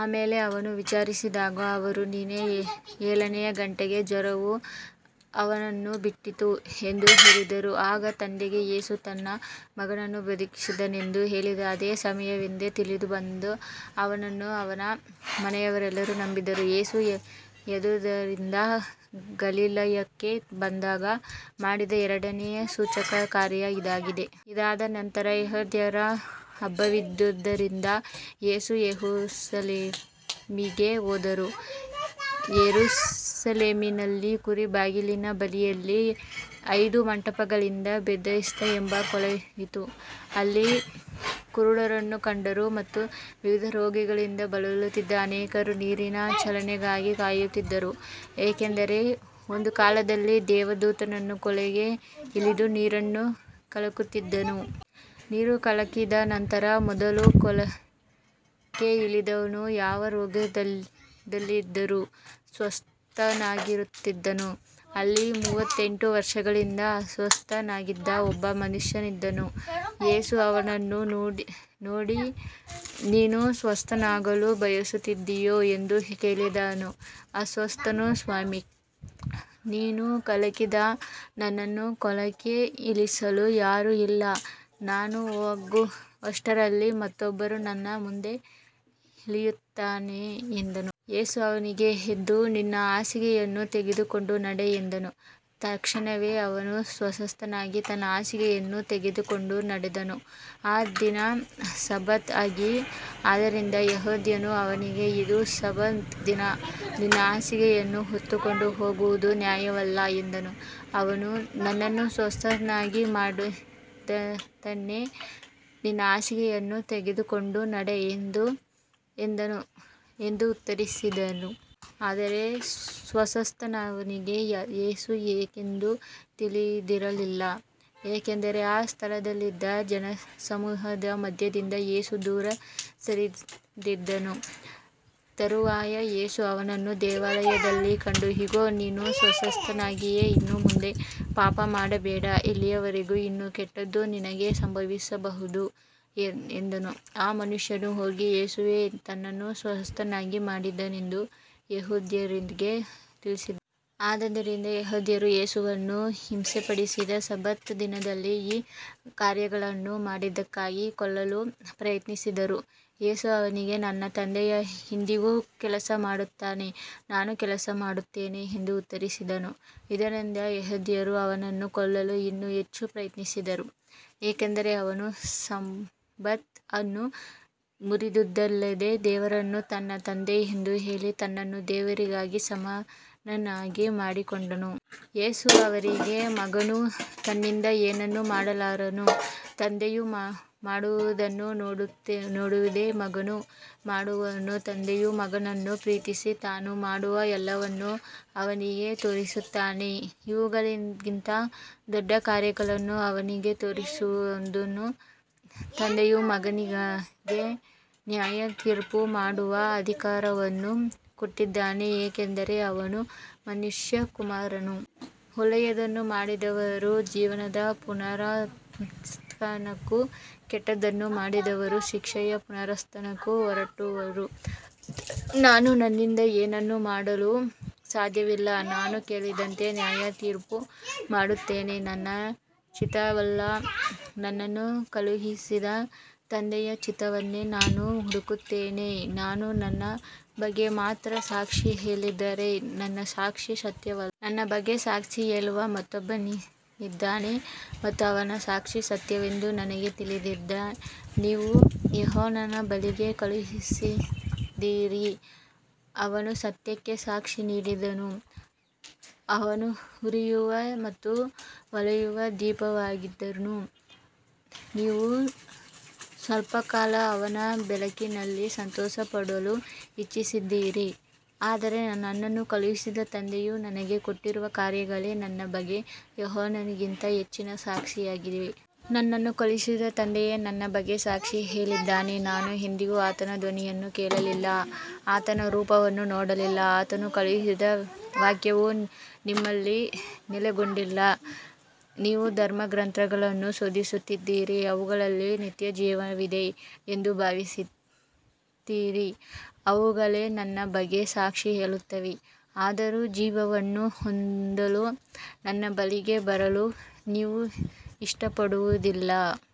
ಆಮೇಲೆ ಅವನು ವಿಚಾರಿಸಿದಾಗ ಅವರು, ನಿನ್ನೆ ಏಳನೆಯ ಗಂಟೆಗೆ ಜ್ವರವು ಅವನನ್ನು ಬಿಟ್ಟಿತು ಎಂದು ಹೇಳಿದರು. ಆಗ ತಂದೆಗೆ ಯೇಸು ತನ್ನ ಮಗನು ಬದುಕಿದ್ದಾನೆಂದು ಹೇಳಿದ ಅದೇ ಸಮಯವೆಂದು ತಿಳಿದುಬಂತು. ಅವನೂ ಅವನ ಮನೆಯವರೆಲ್ಲರೂ ನಂಬಿದರು. ಯೇಸು ಯೂದಾಯದಿಂದ ಗಲಿಲಾಯಕ್ಕೆ ಬಂದಾಗ ಮಾಡಿದ ಎರಡನೆಯ ಸೂಚಕಕಾರ್ಯ ಇದಾಗಿದೆ. ಇದಾದ ನಂತರ ಯೆಹೂದ್ಯರ ಹಬ್ಬವಿದ್ದುದರಿಂದ ಯೇಸು ಯೆರೂಸಲೇಮಿಗೆ ಹೋದನು. ಯೆರೂಸಲೇಮಿನಲ್ಲಿ ಕುರಿ ಬಾಗಿಲಿನ ಬಳಿಯಲ್ಲಿ ಐದು ಮಂಟಪಗಳಿದ್ದ ಬೆಥೆಸ್ದಾ ಎಂಬ ಕೊಳವಿತ್ತು. ಅಲ್ಲಿ ಕುರುಡರು, ಕುಂಟರು ಮತ್ತು ವಿವಿಧ ರೋಗಗಳಿಂದ ಬಳಲುತ್ತಿದ್ದ ಅನೇಕರು ನೀರಿನ ಚಲನೆಗಾಗಿ ಕಾಯುತ್ತಿದ್ದರು. ಏಕೆಂದರೆ ಒಂದು ಕಾಲದಲ್ಲಿ ದೇವದೂತನು ಕೊಳಕ್ಕೆ ಇಳಿದು ನೀರನ್ನು ಕಲಕುತ್ತಿದ್ದನು. ನೀರು ಕಲಕಿದ ನಂತರ ಮೊದಲು ಕೊಳಕ್ಕೆ ಇಳಿದವನು ಯಾವ ರೋಗದಲ್ಲಿದ್ದರೂ ಸ್ವಸ್ಥನಾಗುತ್ತಿದ್ದನು. ಅಲ್ಲಿ ಮೂವತ್ತೆಂಟು ವರ್ಷಗಳಿಂದ ಅಸ್ವಸ್ಥನಾಗಿದ್ದ ಒಬ್ಬ ಮನುಷ್ಯನಿದ್ದನು. ಯೇಸು ಅವನನ್ನು ನೋಡಿ, ನೀನು ಸ್ವಸ್ಥನಾಗಲು ಬಯಸುತ್ತೀಯೋ ಎಂದು ಕೇಳಿದನು. ಅಸ್ವಸ್ಥನು, ಸ್ವಾಮೀ, ನೀರು ಕಲಕಿದಾಗ ನನ್ನನ್ನು ಕೊಳಕ್ಕೆ ಇಳಿಸಲು ಯಾರೂ ಇಲ್ಲ. ನಾನು ಹೋಗುವಷ್ಟರಲ್ಲಿ ಮತ್ತೊಬ್ಬನು ನನ್ನ ಮುಂದೆ ಇಳಿಯುತ್ತಾನೆ ಎಂದನು. ಯೇಸು ಅವನಿಗೆ, ಎದ್ದು ನಿನ್ನ ಹಾಸಿಗೆಯನ್ನು ತೆಗೆದುಕೊಂಡು ನಡೆ ಎಂದನು. ತಕ್ಷಣವೇ ಅವನು ಸ್ವಸ್ಥನಾಗಿ ತನ್ನ ಹಾಸಿಗೆಯನ್ನು ತೆಗೆದುಕೊಂಡು ನಡೆದನು. ಆ ದಿನ ಸಬ್ಬತ್ ಆಗಿತ್ತು. ಆದ್ದರಿಂದ ಯೆಹೂದ್ಯರು ಅವನಿಗೆ, ಇದು ಸಬ್ಬತ್ ದಿನ, ನಿನ್ನ ಹಾಸಿಗೆಯನ್ನು ಹೊತ್ತುಕೊಂಡು ಹೋಗುವುದು ನ್ಯಾಯವಲ್ಲ ಎಂದರು. ಅವನು, ನನ್ನನ್ನು ಸ್ವಸ್ಥನನ್ನಾಗಿ ಮಾಡಿದಾತನೇ ನಿನ್ನ ಹಾಸಿಗೆಯನ್ನು ತೆಗೆದುಕೊಂಡು ನಡೆ ಎಂದನು ಎಂದು ಉತ್ತರಿಸಿದನು. ಆದರೆ ಸ್ವಸ್ಥನಾದವನಿಗೆ ಯೇಸು ಯಾರೆಂದು ತಿಳಿದಿರಲಿಲ್ಲ, ಏಕೆಂದರೆ ಆ ಸ್ಥಳದಲ್ಲಿದ್ದ ಜನಸಮೂಹದ ಮಧ್ಯದಿಂದ ಯೇಸು ದೂರ ಸರಿದಿದ್ದನು. ತರುವಾಯ ಯೇಸು ಅವನನ್ನು ದೇವಾಲಯದಲ್ಲಿ ಕಂಡು, ಇಗೋ, ನೀನು ಸ್ವಸ್ಥನಾಗಿದ್ದೀಯ, ಇನ್ನು ಮುಂದೆ ಪಾಪ ಮಾಡಬೇಡ, ಇಲ್ಲವಾದರೆ ಇನ್ನೂ ಕೆಟ್ಟದ್ದು ನಿನಗೆ ಸಂಭವಿಸಬಹುದು ಎಂದನು. ಆ ಮನುಷ್ಯನು ಹೋಗಿ ಯೇಸುವೇ ತನ್ನನ್ನು ಸ್ವಸ್ಥನನ್ನಾಗಿ ಮಾಡಿದನೆಂದು ಯೆಹೂದ್ಯರಿಗೆ ತಿಳಿಸಿದನು. ಆದ್ದರಿಂದ ಯೆಹೂದ್ಯರು ಯೇಸುವನ್ನು ಹಿಂಸೆಪಡಿಸಿ ಸಬ್ಬತ್ ದಿನದಲ್ಲಿ ಈ ಕಾರ್ಯಗಳನ್ನು ಮಾಡಿದ್ದಕ್ಕಾಗಿ ಕೊಲ್ಲಲು ಪ್ರಯತ್ನಿಸಿದರು. ಯೇಸು ಅವರಿಗೆ, ನನ್ನ ತಂದೆಯು ಇಂದಿಗೂ ಕೆಲಸ ಮಾಡುತ್ತಾನೆ, ನಾನೂ ಕೆಲಸ ಮಾಡುತ್ತೇನೆ ಎಂದು ಉತ್ತರಿಸಿದನು. ಇದರಿಂದ ಯೆಹೂದ್ಯರು ಅವನನ್ನು ಕೊಲ್ಲಲು ಇನ್ನೂ ಹೆಚ್ಚು ಪ್ರಯತ್ನಿಸಿದರು, ಏಕೆಂದರೆ ಅವನು ಸಬ್ಬತ್ ಅನ್ನು ಮುರಿದುದಲ್ಲದೆ ದೇವರನ್ನು ತನ್ನ ತಂದೆ ಎಂದು ಹೇಳಿ ತನ್ನನ್ನು ದೇವರಿಗೆ ಸಮಾನನನ್ನಾಗಿ ಮಾಡಿಕೊಂಡನು. ಯೇಸು ಅವರಿಗೆ, ಮಗನು ತನ್ನಿಂದ ಏನನ್ನೂ ಮಾಡಲಾರನು. ತಂದೆಯು ಮಾಡುವುದನ್ನು ನೋಡುವುದೇ ಮಗನು ಮಾಡುವನು. ತಂದೆಯು ಮಗನನ್ನು ಪ್ರೀತಿಸಿ ತಾನು ಮಾಡುವ ಎಲ್ಲವನ್ನೂ ಅವನಿಗೆ ತೋರಿಸುತ್ತಾನೆ. ಇವುಗಳಿಗಿಂತ ದೊಡ್ಡ ಕಾರ್ಯಗಳನ್ನೂ ಅವನಿಗೆ ತೋರಿಸುವನು. ತಂದೆಯು ಮಗನಿಗೆ ನ್ಯಾಯತೀರ್ಪು ಮಾಡುವ ಅಧಿಕಾರವನ್ನೂ ಕೊಟ್ಟಿದ್ದಾನೆ, ಏಕೆಂದರೆ ಅವನು ಮನುಷ್ಯಕುಮಾರನು. ಒಳ್ಳೆಯದನ್ನು ಮಾಡಿದವರು ಜೀವದ ಪುನರುತ್ಥಾನಕ್ಕೂ ಕೆಟ್ಟದ್ದನ್ನು ಮಾಡಿದವರು ಶಿಕ್ಷೆಯ ಪುನರುತ್ಥಾನಕ್ಕೂ ಹೊರಡುವರು. ನಾನು ನನ್ನಿಂದ ಏನನ್ನೂ ಮಾಡಲು ಸಾಧ್ಯವಿಲ್ಲ. ನಾನು ಕೇಳಿದಂತೆ ನ್ಯಾಯತೀರ್ಪು ಮಾಡುತ್ತೇನೆ. ನನ್ನ ಚಿತ್ತವಲ್ಲ, ನನ್ನನ್ನು ಕಳುಹಿಸಿದ ತಂದೆಯ ಚಿತ್ತವನ್ನೇ ನಾನು ಹುಡುಕುತ್ತೇನೆ. ನಾನು ನನ್ನ ಬಗ್ಗೆ ಮಾತ್ರ ಸಾಕ್ಷಿ ಹೇಳಿದರೆ ನನ್ನ ಸಾಕ್ಷಿ ಸತ್ಯವಲ್ಲ. ನನ್ನ ಬಗ್ಗೆ ಸಾಕ್ಷಿ ಹೇಳುವ ಮತ್ತೊಬ್ಬನಿದ್ದಾನೆ ಮತ್ತು ಅವನ ಸಾಕ್ಷಿ ಸತ್ಯವೆಂದು ನನಗೆ ತಿಳಿದಿದೆ. ನೀವು ಯೋಹಾನನ ಬಳಿಗೆ ಕಳುಹಿಸಿದ್ದೀರಿ, ಅವನು ಸತ್ಯಕ್ಕೆ ಸಾಕ್ಷಿ ನೀಡಿದನು. ಅವನು ಉರಿಯುವ ಮತ್ತು ಹೊಳೆಯುವ ದೀಪವಾಗಿದ್ದನು, ನೀವು ಸ್ವಲ್ಪಕಾಲ ಅವನ ಬೆಳಕಿನಲ್ಲಿ ಸಂತೋಷಪಡಲು ಇಚ್ಛಿಸಿದ್ದಿರಿ. ಆದರೆ ನನ್ನನ್ನು ಕಳುಹಿಸಿದ ತಂದೆಯು ನನಗೆ ಕೊಟ್ಟಿರುವ ಕಾರ್ಯಗಳೇ ನನ್ನ ಬಗ್ಗೆ ಯೋಹಾನನಿಗಿಂತ ಹೆಚ್ಚಿನ ಸಾಕ್ಷಿಯಾಗಿವೆ. ನನ್ನನ್ನು ಕಳುಹಿಸಿದ ತಂದೆಯೇ ನನ್ನ ಬಗ್ಗೆ ಸಾಕ್ಷಿ ಹೇಳಿದ್ದಾನೆ. ನೀವು ಎಂದಿಗೂ ಆತನ ಧ್ವನಿಯನ್ನು ಕೇಳಲಿಲ್ಲ, ಆತನ ರೂಪವನ್ನು ನೋಡಲಿಲ್ಲ. ಆತನು ಕಳುಹಿಸಿದ ವಾಕ್ಯವು ನಿಮ್ಮಲ್ಲಿ ನೆಲೆಗೊಂಡಿಲ್ಲ. ನೀವು ಧರ್ಮಗ್ರಂಥಗಳನ್ನು ಶೋಧಿಸುತ್ತೀರಿ, ಅವುಗಳಲ್ಲಿ ನಿತ್ಯಜೀವವಿದೆ ಎಂದು ಭಾವಿಸುತ್ತೀರಿ. ಅವುಗಳೇ ನನ್ನ ಬಗ್ಗೆ ಸಾಕ್ಷಿ ಹೇಳುತ್ತವೆ, ಆದರೂ ಜೀವವನ್ನು ಹೊಂದಲು ನನ್ನ ಬಳಿಗೆ ಬರಲು ನೀವು ಇಷ್ಟಪಡುವುದಿಲ್ಲ.